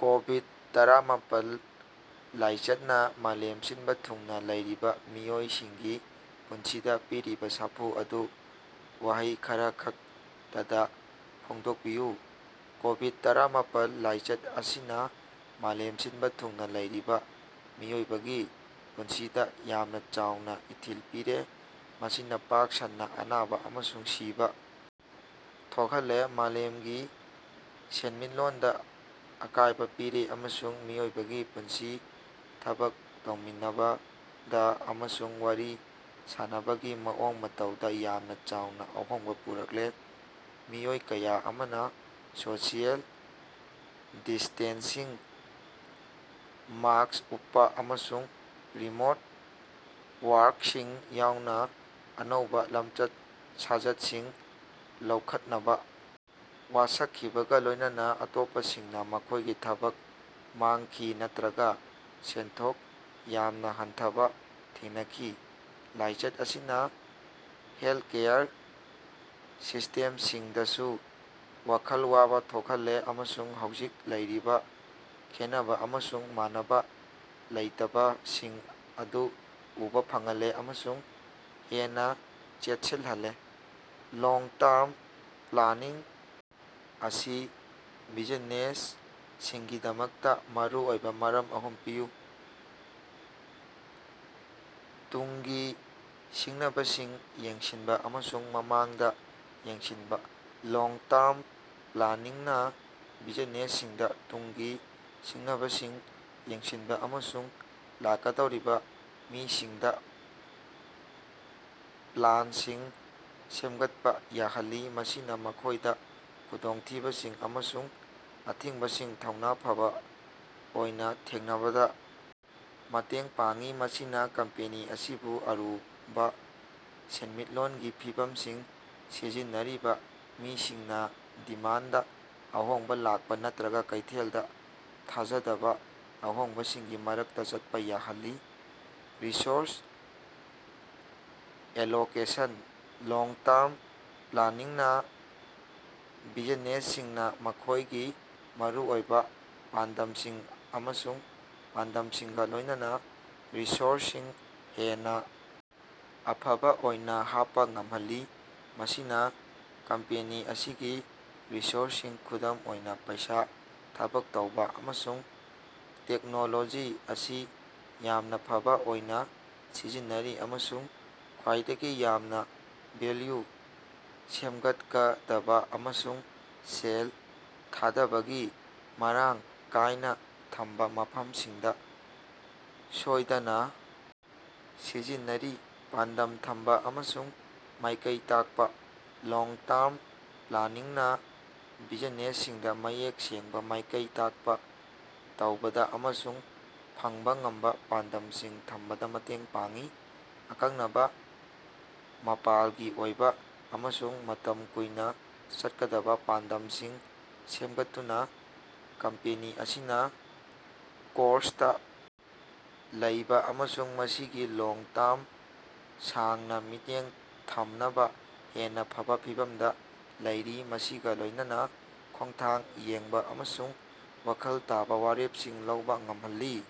ꯀꯣꯕꯤꯗ-ꯇꯔꯥꯃꯥꯄꯜ ꯂꯥꯏꯆꯠꯅ ꯃꯥꯂꯦꯝ ꯁꯤꯟꯕ ꯊꯨꯡꯅ ꯂꯩꯔꯤꯕ ꯃꯤꯑꯣꯏꯁꯤꯡꯒꯤ ꯄꯨꯟꯁꯤꯗ ꯄꯤꯔꯤꯕ ꯁꯥꯐꯨ ꯑꯗꯨ ꯋꯥꯍꯩ ꯈꯔꯈꯛꯇꯗ ꯐꯣꯡꯗꯣꯛꯄꯤꯌꯨ꯫ ꯀꯣꯕꯤꯗ-ꯇꯔꯥꯃꯥꯄꯜ ꯂꯥꯏꯆꯠ ꯑꯁꯤꯅꯥ ꯃꯥꯂꯦꯝ ꯁꯤꯟꯕ ꯊꯨꯡꯅ ꯂꯩꯔꯤꯕ ꯃꯤꯑꯣꯏꯁꯤꯡꯒꯤ ꯄꯨꯟꯁꯤꯗ ꯌꯥꯝꯅ ꯆꯥꯎꯅ ꯏꯊꯤꯜ ꯄꯤꯔꯦ꯫ ꯃꯁꯤꯅꯥ ꯄꯥꯛ ꯁꯟꯅ ꯑꯅꯥꯕ ꯑꯃꯁꯨꯡ ꯁꯤꯕꯥ ꯊꯣꯛꯍꯜꯂꯦ ꯃꯥꯂꯦꯝꯒꯤ ꯁꯦꯟꯃꯤꯠꯂꯣꯟꯗ ꯑꯀꯥꯢꯕ ꯄꯤꯔꯦ ꯑꯃꯁꯨꯡ ꯃꯤꯑꯣꯏꯕꯒꯤ ꯄꯨꯟꯁꯤ ꯊꯕꯛ ꯇꯧꯃꯤꯟꯅꯕꯗ ꯑꯃꯁꯨꯡ ꯋꯥꯔꯤ ꯁꯥꯅꯕꯒꯤ ꯃꯑꯣꯡ ꯃꯇꯧꯗꯥ ꯌꯥꯝꯅꯥ ꯆꯥꯎꯅꯥ ꯑꯍꯣꯡꯕꯥ ꯄꯨꯔꯛꯂꯦ꯫ ꯃꯤꯑꯣꯏ ꯀꯌꯥ ꯑꯃꯅ ꯁꯣꯁꯤꯑꯦꯜ ꯗꯤꯁꯇꯦꯟꯁꯤꯡ, ꯃꯥꯛꯁ ꯎꯞꯄꯥ ꯑꯃꯁꯨꯡ ꯔꯤꯃꯣꯠ ꯋꯥꯔ꯭ꯀꯁꯤꯡ ꯌꯥꯎꯅ ꯑꯅꯧꯕ ꯂꯝꯆꯠ-ꯁꯥꯖꯠꯁꯤꯡ ꯂꯧꯈꯠꯅꯕ ꯋꯥꯁꯛꯈꯤꯕꯒ ꯂꯣꯢꯅꯅ ꯑꯇꯣꯞꯄꯁꯤꯡꯅ ꯃꯈꯣꯢꯒꯤ ꯊꯕꯛ ꯃꯥꯡꯈꯤ ꯅꯠꯇ꯭ꯔꯒ ꯁꯦꯟꯊꯣꯛ ꯌꯥꯝꯅ ꯍꯟꯊꯕ ꯊꯦꯡꯅꯈꯤ꯫ ꯂꯥꯏꯆꯠ ꯑꯁꯤꯅ ꯍꯦꯜꯊꯀꯦꯌꯔ ꯁꯤꯁꯇꯦꯝꯁꯤꯡꯗꯁꯨ ꯋꯥꯈꯜ ꯋꯥꯕ ꯊꯣꯛꯍꯜꯂꯦ ꯑꯃꯁꯨꯡ ꯍꯧꯖꯤꯛ ꯂꯩꯔꯤꯕꯥ ꯈꯦꯟꯅꯕ ꯑꯃꯁꯨꯡ ꯃꯥꯟꯅꯕ ꯂꯩꯇꯕꯁꯤꯡ ꯑꯗꯨ ꯎꯕ ꯐꯪꯍꯜꯂꯦ ꯑꯃꯁꯨꯡ ꯍꯦꯟꯅ ꯆꯦꯠꯁꯤꯜꯍꯜꯂꯦ꯫ ꯂꯣꯡ-ꯇꯔꯝ ꯄ꯭ꯂꯥꯅꯤꯡ ꯑꯁꯤ ꯕꯤꯖꯤꯅꯦꯁꯁꯤꯡꯒꯤꯗꯃꯛꯇ ꯃꯔꯨꯑꯣꯏꯕꯒꯤ ꯃꯔꯝ ꯑꯍꯨꯝ ꯄꯤꯌꯨ꯫ ꯇꯨꯡꯒꯤ ꯁꯤꯡꯅꯕꯁꯤꯡ ꯌꯦꯡꯁꯤꯟꯕ ꯑꯃꯁꯨꯡ ꯃꯃꯥꯡꯗ ꯌꯦꯡꯁꯤꯟꯕꯥ: ꯂꯣꯡ-ꯇꯔꯝ ꯄ꯭ꯂꯥꯅꯤꯡꯅ ꯕꯤꯖꯤꯅꯦꯁꯁꯤꯡꯗ ꯇꯨꯡꯒꯤ ꯁꯤꯡꯅꯕꯁꯤꯡ ꯌꯦꯡꯁꯤꯟꯕ ꯑꯃꯁꯨꯡ ꯂꯥꯛꯀꯗꯧꯔꯤꯕ ꯃꯤꯁꯤꯡꯗ ꯄ꯭ꯂꯥꯟꯁꯤꯡ ꯁꯦꯝꯒꯠꯄ ꯌꯥꯍꯜꯂꯤ ꯃꯁꯤꯅ ꯃꯈꯣꯢꯗ ꯈꯨꯗꯣꯡꯊꯤꯕꯁꯤꯡ ꯑꯃꯁꯨꯡ ꯑꯊꯤꯡꯕꯁꯤꯡ ꯊꯧꯅ ꯐꯥꯕ ꯑꯣꯏꯅ ꯊꯦꯡꯅꯕꯗ ꯃꯇꯦꯡ ꯄꯥꯡꯏ꯫ ꯃꯁꯤꯅꯥ ꯀꯝꯄꯦꯅꯤ ꯑꯁꯤꯕꯨ ꯑꯔꯨꯕ ꯁꯦꯟꯃꯤꯠꯂꯣꯟꯒꯤ ꯐꯤꯚꯝꯁꯤꯡ ꯁꯤꯖꯤꯟꯅꯔꯤꯕ ꯃꯤꯁꯤꯡꯅ ꯗꯤꯃꯥꯟꯗꯗꯥ ꯑꯍꯣꯡꯕ ꯂꯥꯛꯄ ꯅꯠꯇ꯭ꯔꯒ ꯀꯩꯊꯦꯜꯗ ꯊꯥꯖꯗꯕ ꯑꯍꯣꯡꯕꯁꯤꯡꯒꯤ ꯃꯔꯛꯇ ꯆꯠꯄ ꯌꯥꯍꯜꯂꯤ꯫ ꯔꯤꯁꯣꯔꯁ ꯑꯦꯂꯣꯀꯦꯁꯟ: ꯂꯣꯡ-ꯇꯔꯝ ꯄ꯭ꯂꯥꯅꯤꯡꯅ ꯕꯤꯖꯤꯅꯦꯁꯁꯤꯡꯅ ꯃꯈꯣꯢꯒꯤ ꯃꯔꯨꯑꯣꯏꯕ ꯄꯥꯟꯗꯝꯁꯤꯡ ꯑꯃꯁꯨꯡ ꯄꯥꯟꯗꯝꯁꯤꯡꯒ ꯂꯣꯢꯅꯅꯥ ꯔꯤꯁꯣꯔꯁꯁꯤꯡ ꯍꯦꯟꯅ ꯑꯐꯕ ꯑꯣꯏꯅ ꯍꯥꯞꯄ ꯉꯝꯍꯜꯂꯤ꯫ ꯃꯁꯤꯅ ꯀꯝꯄꯦꯅꯤ ꯑꯁꯤꯒꯤ ꯔꯤꯁꯣꯔꯁꯁꯤꯡ ꯈꯨꯗꯝ ꯑꯣꯏꯅ ꯄꯩꯁꯥ, ꯊꯕꯛ ꯇꯧꯕ ꯑꯃꯁꯨꯡ ꯇꯦꯛꯅꯣꯂꯣꯖꯤ ꯑꯁꯤ ꯌꯥꯝꯅ ꯐꯥꯕ ꯑꯣꯏꯅꯥ ꯁꯤꯖꯤꯟꯅꯔꯤ ꯑꯃꯁꯨꯡ ꯈ꯭ꯋꯥꯏꯗꯒꯤ ꯌꯥꯝꯅ ꯚꯦꯜꯌꯨ ꯁꯦꯝꯒꯠꯀꯗꯕ ꯑꯃꯁꯨꯡ ꯁꯦꯜ ꯊꯥꯗꯕꯒꯤ ꯃꯔꯥꯡ ꯀꯥꯏꯅ ꯊꯝꯕ ꯃꯐꯝꯁꯤꯡꯗ ꯁꯣꯏꯗꯅ ꯁꯤꯖꯤꯟꯅꯔꯤ꯫ ꯄꯥꯟꯗꯝ ꯊꯝꯕ ꯑꯃꯁꯨꯡ ꯃꯥꯏꯀꯩ ꯇꯥꯛꯄ: ꯂꯣꯡ-ꯇꯔꯝ ꯄ꯭ꯂꯥꯅꯤꯡꯅ ꯕꯤꯖꯤꯅꯦꯁꯁꯤꯡꯗ ꯃꯌꯦꯛ ꯁꯦꯡꯕ ꯃꯥꯏꯀꯩ ꯇꯥꯛꯄ ꯇꯧꯕꯗ ꯑꯃꯁꯨꯡ ꯐꯪꯕꯥ ꯉꯝꯕ ꯄꯥꯟꯗꯝꯁꯤꯡ ꯊꯝꯕꯗ ꯃꯇꯦꯡ ꯄꯥꯡꯏ꯫ ꯑꯀꯛꯅꯕ ꯃꯥꯄꯥꯜꯒꯤ ꯑꯣꯏꯕ ꯑꯃꯁꯨꯡ ꯃꯇꯝ ꯀꯨꯏꯅ ꯆꯠꯀꯗꯕ ꯄꯥꯟꯗꯝꯁꯤꯡ ꯁꯦꯝꯒꯠꯇꯨꯅ ꯀꯝꯄꯦꯅꯤ ꯑꯁꯤꯅ ꯀꯣꯔꯁꯇ ꯂꯩꯕꯥ ꯑꯃꯁꯨꯡ ꯃꯁꯤꯒꯤ ꯂꯣꯡ-ꯇꯔꯝ ꯁꯥꯡꯅ ꯃꯤꯠꯌꯦꯡ ꯊꯝꯅꯕ ꯍꯦꯟꯅ ꯐꯕ ꯐꯤꯚꯝꯗ ꯂꯩꯔꯤ ꯃꯁꯤꯒꯥ ꯂꯣꯢꯅꯅꯥ ꯈꯣꯡꯊꯥꯡ ꯌꯦꯡꯕ ꯑꯃꯁꯨꯡ ꯋꯥꯈꯜ ꯇꯥꯕꯥ ꯋꯥꯔꯦꯞꯁꯤꯡ ꯂꯧꯕꯥ ꯉꯝꯍꯜꯂꯤ꯫